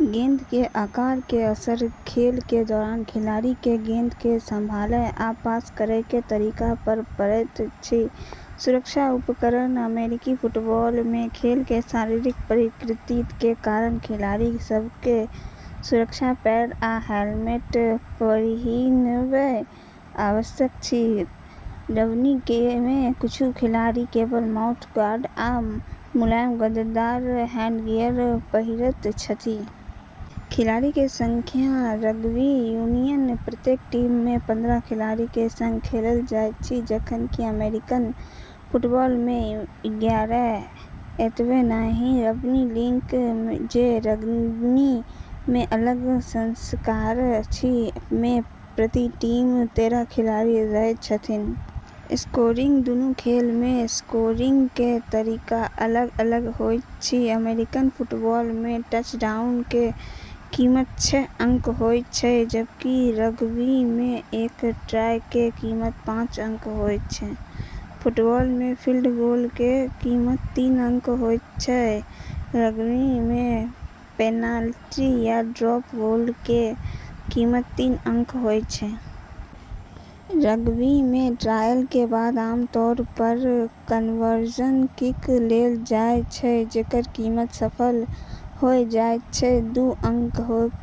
गेंद के आकारक असर खेल के दौरान खिलाड़ी के गेंद के संभालय आ पास करय के तरीका पर पड़ैत अछि। सुरक्षा उपकरण अमेरिकी फुटबॉल मे खेल के शारीरिक प्रकृति के कारण खिलाड़ी के सुरक्षा पैड आ हेलमेट पहिरब आवश्यक अछि रग्बी में किछु खिलाड़ी केवल माउथ गार्ड आ मुलायम गद्देदार हेडगियर पहिरैत छथि। खिलाड़ी के संख्या रग्बी यूनियन प्रत्येक टीम में पंद्रह खिलाड़ी के संग खेलल जाइत अछि जखन कि अमेरिकन फुटबॉल में ग्यारह। एतबे नहिं रग्बी लीग जे रग्बी के अलग संस्करण अछि में प्रति टीम तेरह खिलाड़ी रहैत छथि। स्कोरिंग दुनू खेल मे स्कोरिंग के तरीका अलग अलग होइत अछि अमेरिकी फुटबॉल में टचडाउन केरऽ कीमत छह अंक होय छै जबकि रग्बी में एक ट्राय केरऽ कीमत पाँच अंक होय छै। फुटबॉल में फील्ड गोल के कीमत तीन अंक होइत छैक रग्बी में पेनाल्टी या ड्रॉप गोल के कीमत तीन अंक होय छै। रग्बी में ट्रायल के बाद आमतौर पर कन्वर्जन किक लेलऽ जाय छै जेकरऽ कीमत सफल होय जाय तऽ दू अंक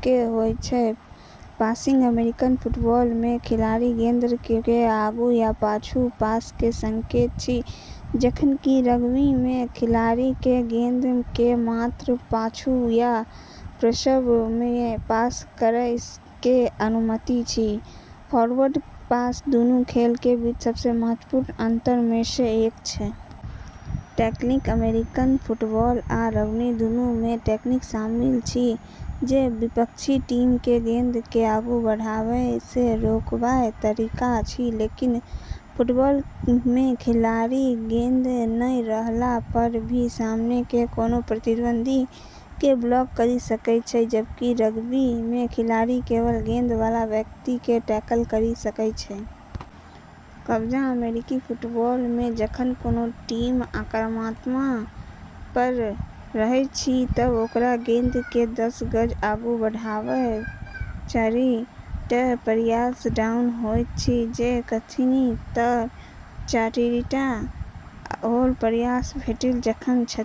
के होय छै। पासिंग अमेरिकी फुटबॉल में खिलाड़ी गेंद के आगू या पाछू पास क सकैत अछि जखन कि रग्बी में खिलाड़ी के गेंद के मात्र पाछू या पार्श्व में पास करय के अनुमति अछि फोरवर्ड पास दूनू खेलऽ के बीच सबसें महत्वपूर्ण अंतर मऽ सऽ एक छै। टैकलिंग अमेरिकन फुटबॉल आ रग्बी दुनू मे टैकलिंग शामिल अछि जे विपक्षी टीम के गेंद के आगू बढ़ेबा स रोकबाक तरीका अछि। लेकिन फुटबॉल में खिलाड़ी गेंद नै रहला पर भी सामने के कोनो प्रतिद्वंदी के ब्लॉक करी सकै छै जबकि रग्बी में खिलाड़ी केवल गेंद वाला व्यक्ति के टैकल करी सकै छै। कब्जा अमेरिकी फुटबॉल में जखन कोनो टीम आक्रामकता पर रहैत अछि त ओकरा गेंद के दस गज आगू बढ़ेबाक चारि टा प्रयास डाउन होइत छैक जँ करथि तँ चारिटा आओर प्रयास भेटि जाइत छनि।